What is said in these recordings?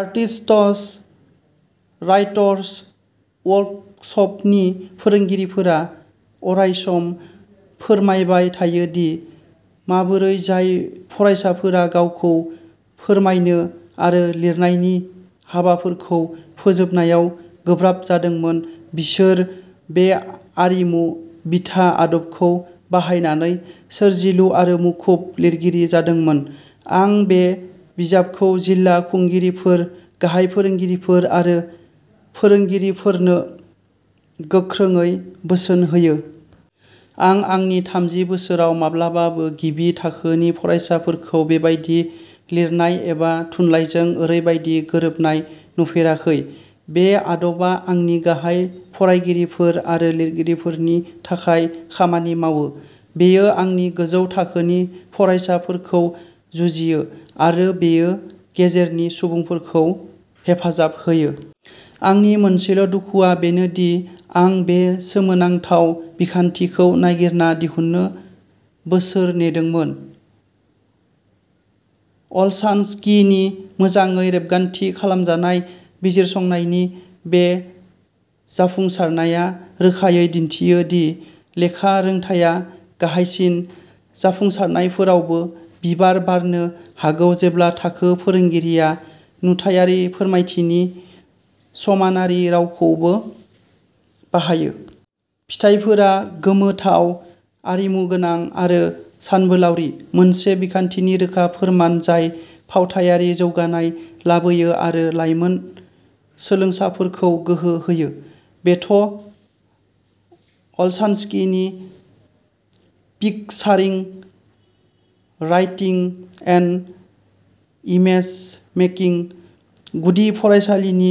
आर्टिस्ट्स/राइटर्स वर्कसपनि फोरोंगिरिफोरा अरायसम फोरमायबाय थायो दि माबोरै जाय फरायसाफोरा गावखौ फोरमायनो आरो लिरनायनि हाबाफोरखौ फोजोबनायाव गोब्राब जादोंमोन, बिसोर बे आरिमु-बिथा आदबखौ बाहायनानै सोरजिलु आरो मुखुब लिरगिरि जादोंमोन। आं बे बिजाबखौ जिल्ला खुंगिरिफोर, गाहाय फोरोंगिरिफोर आरो फोरोंगिरिफोरनो गोख्रोङै बोसोन होयो। आं आंनि थामजि बोसोराव माब्लाबाबो गिबि थाखोनि फरायसाफोरखौ बेबादि लिरनाय एबा थुनलाइजों ओरैबादि गोरोबनाय नुफेराखै। बे आदबा आंनि गाहाय फरायगिरिफोर आरो लिरगिरिफोरनि थाखाय खामानि मावो; बेयो आंनि गोजौ थाखोनि फरायसाफोरखौ जुजियो; आरो बेयो गेजेरनि सुबुंफोरखौ हेफाजाब होयो। आंनि मोनसेल'दुखुआ बेनो दि आं बे सोमोनांथाव बिखान्थिखौ नागिरना दिहुननो बोसोर नेदोंमोन! अलशानस्किनि मोजाङै रेबगान्थि खालामजानाय बिजिरसंनायनि बे जाफुंसारनाया रोखायै दिन्थियो दि लेखा रोंथाया-गाहायसिन जाफुंसारनायफोरावबो-बिबार बारनो हागौ जेब्ला थाखो फोरोंगिरिया नुथायारि फोरमायथिनि समानारि रावखौबो बाहायो। फिथायफोरा गोमोथाव, आरिमुगोनां, आरो सानबोलावरि; मोनसे बिखान्थिनि रोखा फोरमान जाय फावथायारि जौगानाय लाबोयो आरो लाइमोन सोलोंसाफोरखौ गोहो होयो! बेथ अलशानस्किनि पिकचारिं राइटिं एन्ड इमेज-मेकिं। गुदि फरायसालिनि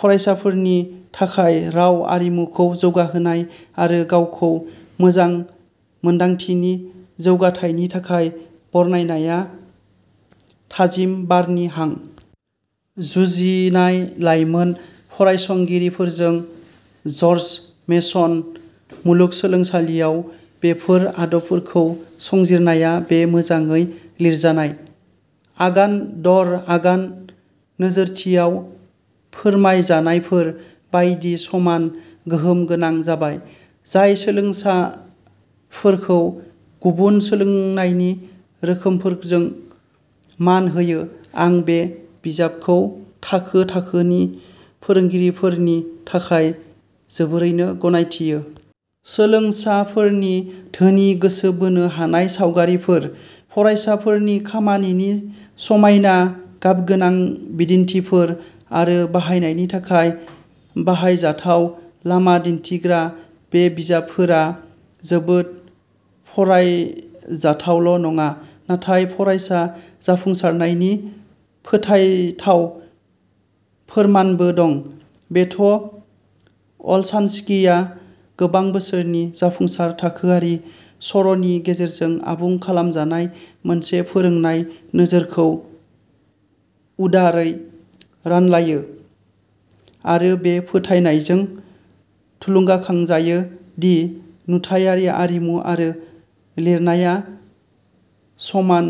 फरायसाफोरनि थाखाय राव आरिमुखौ जौगाहोनाय आरो गावखौ मोजां मोन्दांथिनि जौगाथायनि थाखाय बरनायनाया थाजिम बारनि हां। जुजिनाय लाइमोन फरायसंगिरिफोरजों जर्ज मेसन मुलुगसोलोंसालियाव बेफोर आदबफोरखौ संजिरनाया बे मोजाङै लिरजानाय, आगान-दर-आगान नोजोरथियाव फोरमायजानायफोर बायदि समान गोहोम गोनां जाबाय, जाय सोलोंसाफोरखौ गुबुन सोलोंनायनि रोखोमफोरजों मान होयो। आं बे बिजाबखौ थाखो थाखोनि फोरोंगिरिफोरनि थाखाय जोबोरैनो गनायथियो। सोलोंसाफोरनि धोनि, गोसो बोनो हानाय सावगारिफोर, फरायसाफोरनि खामानिनि समायना गाबगोनां बिदिन्थिफोर, आरो बाहायनायनि थाखाय बाहायजाथाव लामा दिन्थिग्रा, बे बिजाबफोरा जोबोद फरायजाथावल'नङा, नाथाय फरायसा जाफुंसारनायनि फोथायथाव फोरमानबो दं। बेथ अलशानस्किआ गोबां बोसोरनि जाफुंसार थाखोआरि सर'नि गेजेरजों आबुं खालामजानाय मोनसे फोरोंनाय नोजोरखौ उदारै रानलायो, आरो बे फोथायनायजों थुलुंगाखांजायो दि नुथायारि आरिमु आरो लिरनाया'समान,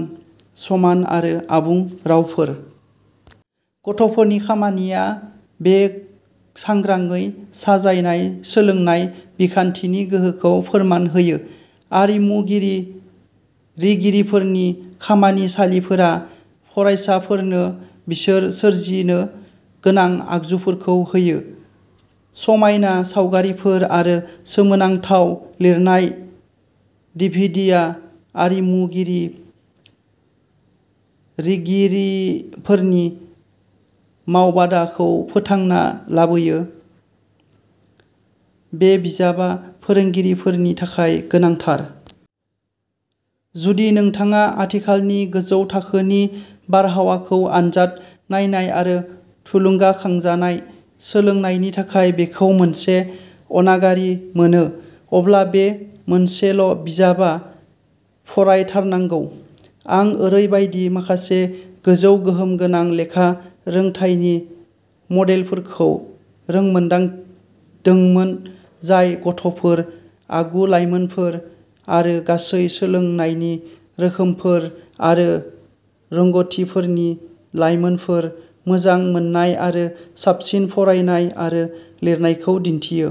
समान आरो आबुं रावफोर'। गथ'फोरनि खामानिया बे सांग्राङै साजायनाय सोलोंनाय बिखान्थिनि गोहोखौ फोरमान होयो। आरिमुगिरि िरगिरिफोरनि खामानिसालिफोरा फरायसाफोरनो बिसोर सोरजिनो गोनां आगजुफोरखौ होयो। समायना सावगारिफोर आरो सोमोनांथाव लिरनाय। डिभिडिया आरिमुगिरि िरगिरिफोरनि मावबादाखौ फोथांना लाबोयो! बे बिजाबआ फोरोंगिरिफोरनि थाखाय गोनांथार। जुदि नोंथाङा आथिखालनि गोजौ थाखोनि बारहावाखौ आनजाद नायनाय आरो थुलुंगाखांजानाय सोलोंनायनि थाखाय बेखौ मोनसे अनागारि मोनो, अब्ला बे मोनसेल'बिजाबआ "फरायथारनांगौ! " आं ओरैबायदि माखासे गोजौ गोहोम गोनां लेखा रोंथायनि मडेलफोरखौ रोंमोनदांदोंमोन, जाय गथ'फोर, आगु-लाइमोनफोर आरो गासै सोलोंनायनि रोखोमफोर आरो रोंग'थिफोरनि लायमोनफोर, मोजां मोननाय आरो साबसिन फरायनाय आरो लिरनायखौ दिन्थियो।